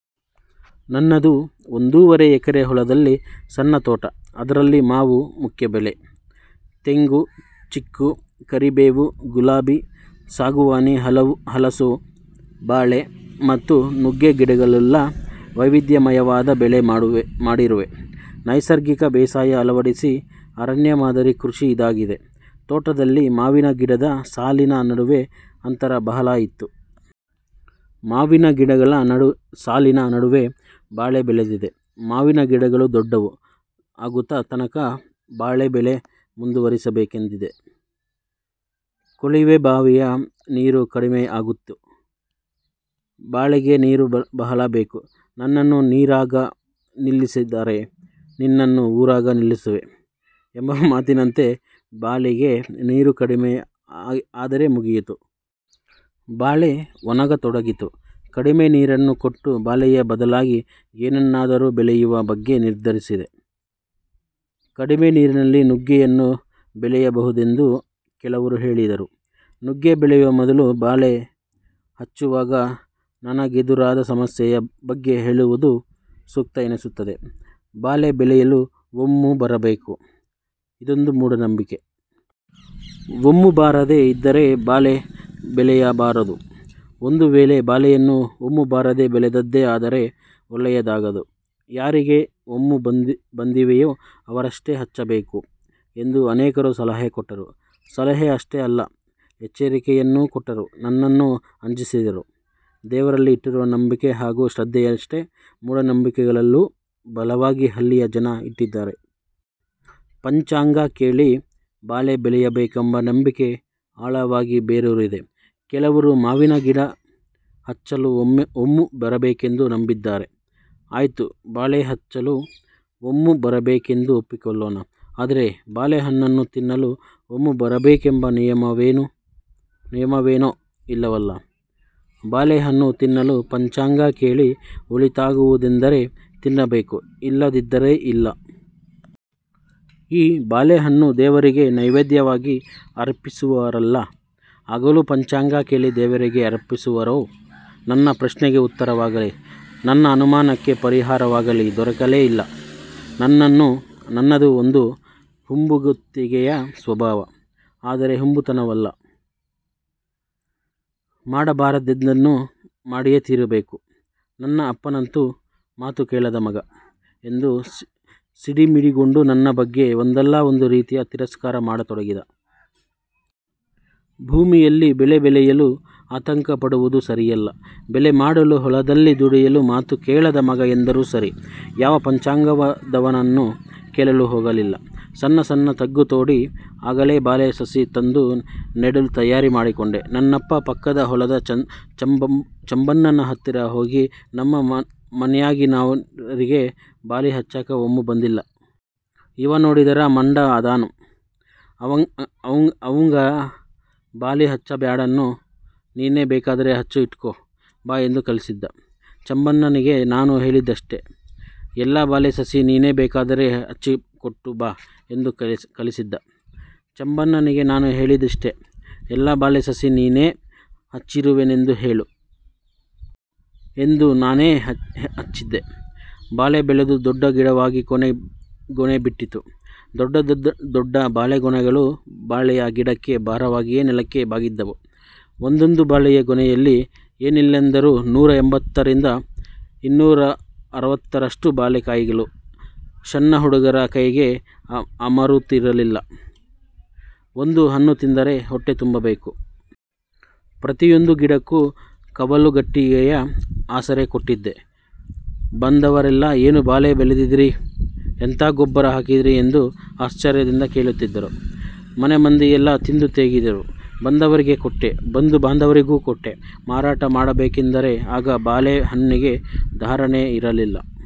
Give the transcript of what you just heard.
ನನ್ನದು ಒಂದೂವರೆ ಎಕರೆ ಹೊಲದಲ್ಲಿ ಸಣ್ಣ ತೋಟ. ಅದರಲ್ಲಿ ಮಾವು ಮುಖ್ಯ ಬೆಳೆ. ತೆಂಗು, ಚಿಕ್ಕು, ಕರಿಬೇವು, ಗುಲಾಬಿ, ಸಾಗುವಾನಿ, ಹಲಸು, ಬಾಳೆ ಮತ್ತು ನುಗ್ಗೆ ಗಿಡಗಳುಳ್ಳ ವೈವಿಧ್ಯಮಯವಾದ ಬೆಳೆ ಮಾಡಿರುವೆ. ನೈಸರ್ಗಿಕ ಬೇಸಾಯ ಅಳವಡಿಸಿ ಅರಣ್ಯ ಮಾದರಿ ಕೃಷಿ ಇದಾಗಿದೆ. ತೋಟದಲ್ಲಿ ಮಾವಿನ ಗಿಡದ ಸಾಲಿನ ನಡುವೆ ಅಂತರ ಬಹಳ ಇತ್ತು. ಮಾವಿನ ಗಿಡಗಳ ಸಾಲಿನ ನಡುವೆ ಬಾಳೆ ಬೆಳೆದೆ. ಮಾವಿನ ಗಿಡಗಳು ದೊಡ್ಡವು ಆಗುವ ತನಕ ಬಾಳೆ ಬೆಳೆ ಮುಂದುವರಿಸಬೇಕೆಂದಿದ್ದೆ. ಕೊಳಿವೆ ಬಾವಿಯ ನೀರು ಕಡಿಮೆ ಆಗಿತ್ತು. ಬಾಳೆಗೆ ನೀರು ಬಹಳ ಬೇಕು. "ನನ್ನನ್ನು ನೀರಾಗ ನಿಲ್ಲಿಸಿದರೆ ನಿನ್ನನ್ನು ಊರಾಗ ನಿಲ್ಲಿಸುವೆ" ಎಂಬ ಮಾತಿನಂತೆ ಬಾಳೆಗೆ ನೀರು ಕಡಿಮೆ ಆದರೆ ಮುಗಿಯಿತು. ಬಾಳೆ ಒಣಗತೊಡಗಿತು. ಕಡಿಮೆ ನೀರನ್ನು ಕೊಟ್ಟು ಬಾಳೆಯ ಬದಲಾಗಿ ಏನನ್ನಾದರೂ ಬೆಳೆಯುವ ಬಗ್ಗೆ ನಿರ್ಧರಿಸಿದೆ. ಕಡಿಮೆ ನೀರಿನಲ್ಲಿ ನುಗ್ಗೆಯನ್ನು ಬೆಳೆಯಬಹುದೆಂದು ಕೆಲವರು ಹೇಳಿದರು. ನುಗ್ಗೆ ಬೆಳೆಯುವ ಮೊದಲು ಬಾಳೆ ಹಚ್ಚುವಾಗ ನನಗೆದುರಾದ ಸಮಸ್ಯೆಯ ಬಗ್ಗೆ ಹೇಳುವುದು ಸೂಕ್ತ ಎನಿಸುತ್ತದೆ. ಬಾಳೆ ಬೆಳೆಯಲು 'ಒಮ್ಮು' ಬರಬೇಕು. ಇದೊಂದು ಮೂಢನಂಬಿಕೆ. ಒಮ್ಮು ಬಾರದೇ ಇದ್ದರೆ ಬಾಳೆ ಬೆಳೆಯಬಾರದು. ಒಂದು ವೇಳೆ ಬಾಳೆಯನ್ನು ಒಮ್ಮು ಬಾರದೆ ಬೆಳೆದದ್ದೇ ಆದರೆ ಒಳ್ಳೆಯದಾಗದು. ಯಾರಿಗೆ ಒಮ್ಮು ಬಂದಿವೆಯೋ ಅವರಷ್ಟೇ ಹಚ್ಚಬೇಕು ಎಂದು ಅನೇಕರು ಸಲಹೆ ಕೊಟ್ಟರು. ಸಲಹೆ ಅಷ್ಟೇ ಅಲ್ಲ ಎಚ್ಚರಿಕೆಯನ್ನೂ ಕೊಟ್ಟರು. ನನ್ನನ್ನು ಅಂಜಿಸಿದರು. ದೇವರಲ್ಲಿ ಇಟ್ಟಿರುವ ನಂಬಿಕೆ ಹಾಗೂ ಶ್ರದ್ಧೆಯಷ್ಟೇ ಮೂಢನಂಬಿಕೆಗಳಲ್ಲೂ ಬಲವಾಗಿ ಹಳ್ಳಿಯ ಜನ ಇಟ್ಟಿದ್ದಾರೆ. ಪಂಚಾಂಗ ಕೇಳಿ ಬಾಳೆ ಬೆಳೆಯಬೇಕೆಂಬ ನಂಬಿಕೆ ಆಳವಾಗಿ ಬೇರೂರಿದೆ. ಕೆಲವರು ಮಾವಿನಗಿಡ ಹಚ್ಚಲೂ ಒಮ್ಮು ಬರಬೇಕೆಂದು ನಂಬಿದ್ದಾರೆ. ಆಯ್ತು ಬಾಳೆ ಹಚ್ಚಲು ಒಮ್ಮು ಬರಬೇಕೆಂದು ಒಪ್ಪಿಕೊಳ್ಳೋಣ. ಆದರೆ ಬಾಳೆ ಹಣ್ಣನ್ನು ತಿನ್ನಲು ಒಮ್ಮು ಬರಬೇಕೆಂಬ ನಿಯಮವೇನೂ ಇಲ್ಲವಲ್ಲ. ಬಾಳೆಹಣ್ಣು ತಿನ್ನಲು ಪಂಚಾಂಗ ಕೇಳಿ ಒಳಿತಾಗುವುದೆಂದರೆ ತಿನ್ನಬೇಕು ಇಲ್ಲದಿದ್ದರೆ ಇಲ್ಲ. ಈ ಬಾಳೆಹಣ್ಣು ದೇವರಿಗೆ ನೈವೇಧ್ಯವಾಗಿ ಅರ್ಪಿಸುವರಲ್ಲ. ಆಗಲೂ ಪಂಚಾಂಗ ಕೇಳಿ ದೇವರಿಗೆ ಅರ್ಪಿಸುವರೋ? ನನ್ನ ಪ್ರಶ್ನೆಗೆ ಉತ್ತರವಾಗಲಿ, ನನ್ನ ಅನುಮಾನಕ್ಕೆ ಪರಿಹಾರವಾಗಲೀ ದೊರಕಲೇ ಇಲ್ಲ. ನನ್ನದು ಒಂದು ಹುಂಬಗುತ್ತಿಗೆಯ ಸ್ವಭಾವ. ಆದರೆ ಹುಂಬತನವಲ್ಲ. ಮಾಡಬಾರದೆಂದದ್ದನ್ನು ಮಾಡಿಯೇ ತೀರಬೇಕು. ನನ್ನ ಅಪ್ಪನಂತೂ 'ಮಾತು ಕೇಳದ ಮಗ' ಎಂದು ಸಿಡಿಮಿಡಿಗೊಂಡು ನನ್ನ ಬಗ್ಗೆ ಒಂದಲ್ಲಾ ಒಂದು ರೀತಿಯ ತಿರಸ್ಕಾರ ಮಾಡತೊಡಗಿದ. ಭೂಮಿಯಲ್ಲಿ ಬೆಳೆ ಬೆಳೆಯಲು ಆತಂಕಪಡುವುದು ಸರಿಯಲ್ಲ. ಬೆಳೆ ಮಾಡಲು ಹೊಲದಲ್ಲಿ ದುಡಿಯಲು ಮಾತು ಕೇಳದ ಮಗ ಎಂದರೂ ಸರಿ. ಯಾವ ಪಂಚಾಂಗದವನನ್ನು ಕೇಳಲು ಹೋಗಲಿಲ್ಲ. ಸಣ್ಣ ಸಣ್ಣ ತಗ್ಗು ತೋಡಿ ಆಗಲೇ ಬಾಳೆ ಸಸಿ ತಂದು ನೆಡಲು ತಯಾರಿ ಮಾಡಿಕೊಂಡೆ. ನನ್ನಪ್ಪ ಪಕ್ಕದ ಹೊಲದ ಚಂಬಣ್ಣನ ಹತ್ತಿರ ಹೋಗಿ, 'ನಮ್ಮ ಮನ್ಯಾಗಿನ್ಯಾವರಿಗೆ ಬಾಳಿ ಹಚ್ಚಾಕ ಒಮ್ಮು ಬಂದಿಲ್ಲಾ. ಇವ ನೋಡಿದರ ಮಂಡ ಅದಾನು. ಅಂವಗ ಬಾಳಿ ಹಚ್ಚಬ್ಯಾಡನ್ನು ನೀನೇ ಬೇಕಾದರೆ ಹಚ್ಚ್ ಇಕೊಟ್ಟು ಬಾ ಎಂದು ಕಳಿಸಿದ್ಧ. ಚಂಬಣ್ಣನಿಗೆ ನಾನು ಹೇಳಿದ್ದಿಷ್ಟೇ. ಎಲ್ಲಾ ಬಾಳೆ ಸಸಿ ನೀನೇ ಬೇಕಾದರೆ ಹಚ್ಚಿಕೊಟ್ಟು ಬಾ ಎಂದು ಕಳಿಸಿದ್ದ. ಚಂಬಣ್ಣನಿಗೆ ನಾನು ಹೇಳಿದ್ದಿಷ್ಟೇ. ಎಲ್ಲಾ ಬಾಳೆ ಸಸಿ ನೀನೇ ಹಚ್ಚಿರುವೆನೆಂದು ಹೇಳು. ಎಂದು ನಾನೇ ಹಚ್ಚಿದ್ದೆ. ಬಾಳೆ ಬೆಳೆದು ದೊಡ್ಡ ಗಿಡವಾಗಿ ಗೊನೆ ಬಿಟ್ಟಿತ್ತು. ದೊಡ್ಡ ದೊಡ್ಡ ಬಾಳೆಗೊನೆಗಳು ಬಾಳೆಯ ಗಿಡಕ್ಕೆ ಭಾರವಾಗಿ ನೆಲಕ್ಕೆ ಬಾಗಿದ್ದವು. ಒಂದೊಂದು ಬಾಳೆಯ ಗೊನೆಯಲ್ಲಿ ಏನಿಲ್ಲೆಂದರೂ ನೂರ ಎಂಭತ್ತರಿಂದ ಇನ್ನೂರರವತ್ತರಷ್ಟು ಬಾಳೆಕಾಯಿಗಳು. ಶಣ್ಣ ಹುಡುಗರ ಕೈಗೆ ಅಮರುತ್ತಿರಲಿಲ್ಲ. ಒಂದು ಹಣ್ಣುತಿಂದರೆ ಹೊಟ್ಟೆ ತುಂಬಬೇಕು. ಪ್ರತಿಯೊಂದು ಗಿಡಕ್ಕೂ ಕವಲುಗಟ್ಟಿಗೆಯ ಆಸರೆ ಕೊಟ್ಟಿದ್ದೆ. ಬಂದವರೆಲ್ಲಾ ಏನು ಬಾಳೆ ಬೆಳೆದಿದೀರಿ ಎಂಥಾ ಗೊಬ್ಬರ ಹಾಕಿದೀರಿ ಎಂದು ಆಶ್ಚರ್ಯದಿಂದ ಕೇಳುತ್ತಿದ್ದರು. ಮನೆಮಂದಿಯೆಲ್ಲಾ ತಿಂದು ತೇಗಿದರು. ಬಂದವರಿಗೆ ಕೊಟ್ಟೆ, ಬಂಧು ಬಾಂಧವರಿಗೂ ಕೊಟ್ಟೆ, ಮಾರಾಟ ಮಾಡಬೇಕೆಂದರೆ ಆಗ ಬಾಳೆ ಹಣ್ಣಿಗೆ ಧಾರಣೆ ಇರಲಿಲ್ಲ.